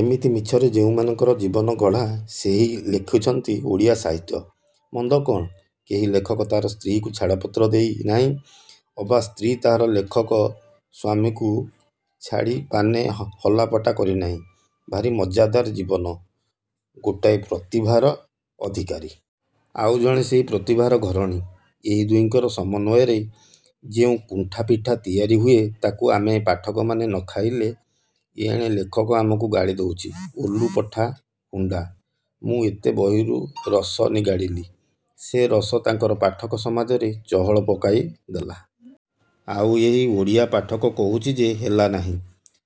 ଏମିତି ମିଛରେ ଯେଉଁମାନଙ୍କର ଜୀବନ ଗଢ଼ା ସେଇ ଲେଖୁଛନ୍ତି ଓଡ଼ିଆ ସାହିତ୍ୟ। ମନ୍ଦ କ'ଣ? କେହି ଲେଖକ ତାହାର ସ୍ତ୍ରୀ'କୁ ଛାଡ଼ପତ୍ର ଦେଇ ନାହିଁ ଅବା ସ୍ତ୍ରୀ ତାହାର ଲେଖକ ସ୍ୱାମୀକୁ ଛାଡ଼ି ପାନେ ହଲାପଟା କରିନାହିଁ। ଭାରି ମଜ୍ଜାଦାର ଜୀବନ। ଗୋଟାଏ ପ୍ରତିଭାର ଅଧିକାରୀ। ଆଉ ଜଣେ ସେହି ପ୍ରତିଭାର ଘରଣୀ। ଏହି ଦୁହିଙ୍କର ସମନ୍ୱୟରେ ଯେଉଁ କୁଣ୍ତାପିଠା ତିଆରି ହୁଏ ତା'କୁ ଆମେ ପାଠକମାନେ ନ ଖାଇଲେ ଏଣେ ଲେଖକ ଆମକୁ ଗାଳି ଦଉଛି–ଓଲୁ, ପଠା, ହୁଣ୍ତା। ମୁଁ ଏତେ ବହିରୁ ରସ ନିଗାଡ଼ିଲି। ସେ ରସ ତାଙ୍କର ପାଠକ ସମାଜରେ ଚହଳ ପକାଇ ଦେଲା। ଆଉ ଏହି ଓଡ଼ିଆପାଠକ କହୁଛି ଯେ ହେଲା ନାହିଁ।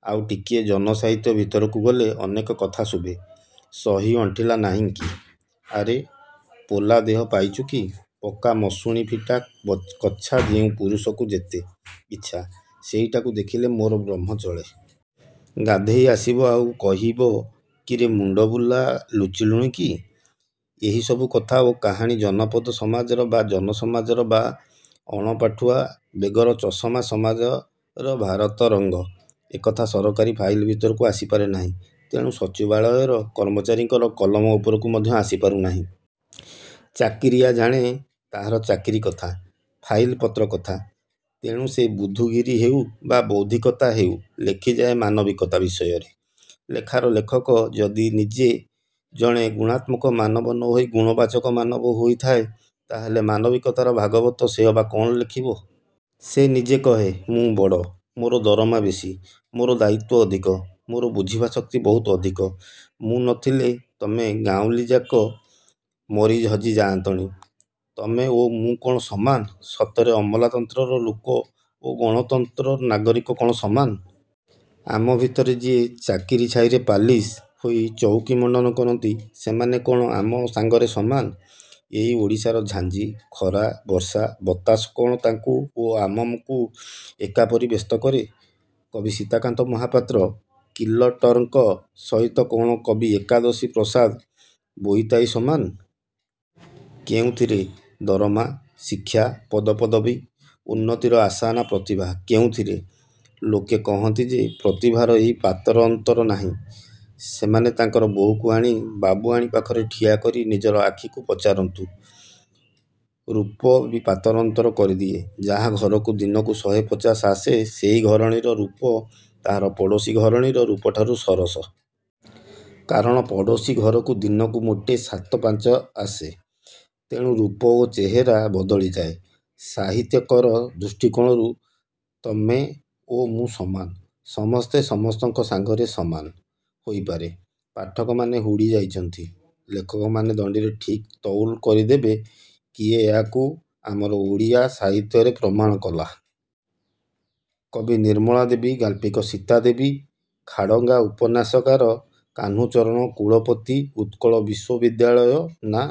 ଆଉ ଟିକିଏ ଜନ ସାହିତ୍ୟ ଭିତରକୁ ଗଲେ ଅନେକ କଥା ଶୁଭେ। ସହି ଅଣ୍ଟିଲା ନାହିଁକି? –ଆରେ ପୋଲା ଦେହ ପାଇଛୁ କି? ପକା ମଶୁଣି ଫିଟା କଛା ଯେଉଁ ପୁରୁଷକୁ ଯେତେ ଇଚ୍ଛା–ସେଇଟାକୁ ଦେଖିଲେ ମୋର ବ୍ରହ୍ମ ଚଳେ। ଗାଧୋଇ ଆସିବ ଆଉ କହିବ କିରେ ମୁଣ୍ତବୁଲା ଲୁଚିଲୁଣି କି? ଏହି ସବୁ କଥା ଓ କାହାଣୀ ଜନପଦ ସମାଜର ବା ଜନ ସମାଜର ବା ଅଣପାଠୁଆ ବେଗର ଚଷମା ସମାଜର ଭାରତରଙ୍ଗ। ଏକଥା ସରକାରୀ ଫାଇଲ ଭିତରକୁ ଆସିପାରେ ନାହିଁ। ତେଣୁ ସଚିବାଳୟର କର୍ମଚାରୀଙ୍କର କଲମ ଉପରକୁ ମଧ୍ୟ ଆସି ପାରୁନାହିଁ। ଚାକିରିଆ ଜାଣେ ତାହାର ଚାକିରି କଥା–ଫାଇଲ ପତ୍ର କଥା। ତେଣୁ ସେ ବୁଦ୍ଧୁଗିରି ହେଉ ବା ବୌଦ୍ଧିକତା ହେଉ ଲେଖିଯାଏ ମାନବିକତା ବିଷୟରେ। ଲେଖାର ଲେଖକ ଯଦି ନିଜେ ଜଣେ ଗୁଣାତ୍ମକ ମାନବ ନ ହୋଇ ଗୁଣବାଚକ ମାନବ ହୋଇଥାଏ ତାହାହେଲେ ମାନବିକତାର ଭାଗବତ ସେ ଅବା କ'ଣ ଲେଖିବ? ସେ ନିଜେ କହେ–ମୁଁ ବଡ଼। ମୋର ଦରମା ବେଶି। ମୋର ଦାୟିତ୍ୟ ଅଧିକ। ମୋର ବୁଝିବା ଶକ୍ତି ବହୁତ ଅଧିକ। ମୁଁ ନ ଥିଲେ ତମେ ଗାଉଁଲିଯାକ ମରି ହଜି ଯାଆନ୍ତଣି। ତମେ ଓ ମୁଁ କ'ଣ ସମାନ? ସତରେ ଅମଲାତନ୍ତ୍ରର ଲୋକ ଓ ଗଣତନ୍ତ୍ରର ନାଗରିକ କ'ଣ ସମାନ? ଆମ ଭିତରେ ଯିଏ ଚାକିରି ଛାଇରେ ପାଲିସ୍ ହୋଇ ଚଉକି ମଣ୍ତନ କରନ୍ତି ସେମାନେ କ'ଣ ଆମ ସାଙ୍ଗରେ ସମାନ।? ଏଇ ଓଡ଼ିଶାର ଝାଞ୍ଜି, ଖରା, ବର୍ଷା, ବତାସ କ'ଣ ତାଙ୍କୁ ଓ ଆମକୁ ଏକାପରି ବ୍ୟସ୍ତ କରେ? କବି ସୀତାକାନ୍ତ ମହାପାତ୍ର କିଲଟରଙ୍କ ସହିତ କ'ଣ କବି ଏକାଦଶୀ ପ୍ରସାଦ ବୋଇତାଇ ସମାନ? କେଉଁଥିରେ? ଦରମା, ଶିକ୍ଷା, ପଦପଦବୀ, ଉନ୍ନତିର ଆଶା ନା ପ୍ରତିଭା–କେଉଁଥିରେ? ଲୋକେ କହନ୍ତି ଯେ ପ୍ରତିଭାର ଏହି ପାତର ଅନ୍ତର ନାହିଁ। ସେମାନେ ତାଙ୍କର ବୋହୂକୁ ଆଣି ବାବୁଆଣୀ ପାଖରେ ଠିଆ କରି ନିଜର ଆଖିକୁ ପଚାରନ୍ତୁ–ରୂପ ବି ପାତର ଅନ୍ତର କରିଦିଏ। ଯାହା ଘରକୁ ଦିନକୁ ଶହେ ପଚାଶ ଆସେ ସେହି ଘରଣୀର ରୂପ ତାହାର ପଡ଼ୋଶୀ ଘରଣୀର ରୂପଠାରୁ ସରସ। କାରଣ ପଡ଼ୋଶୀ ଘରକୁ ଦିନକୁ ମୋଟେ ସାତ ପାଞ୍ଚ ଆସେ। ତେଣୁ ରୂପ ଓ ଚେହେରା ବଦଳିଯାଏ। ସାହିତ୍ୟିକର ଦୃଷ୍ଟିକୋଣରୁ ତମେ ଓ ମୁଁ ସମାନ। ସମସ୍ତେ ସମସ୍ତଙ୍କ ସାଙ୍ଗରେ ସମାନ-। ହୋଇପାରେ–ପାଠକମାନେ ହୁଡ଼ି ଯାଉଛନ୍ତି। ଲେଖକମାନେ ଦଣ୍ତିରେ ଠିକ୍ ତଉଲ କରିଦେବେ-। କିଏ ୟା'କୁ ଆମର ଓଡ଼ିଆ ସାହିତ୍ୟରେ ପ୍ରମାଣ କଲା? କବି ନିର୍ମଳା ଦେବୀ, ଗାଳ୍ପିକ ସୀତାଦେବୀ ଖାଡ଼ଙ୍ଗା, ଉପନ୍ୟାସକାର କାହ୍ନୁଚରଣ, କୁଳପତି ଉତ୍କଳ ବିଶ୍ୱବିଦ୍ୟାଳୟ ନା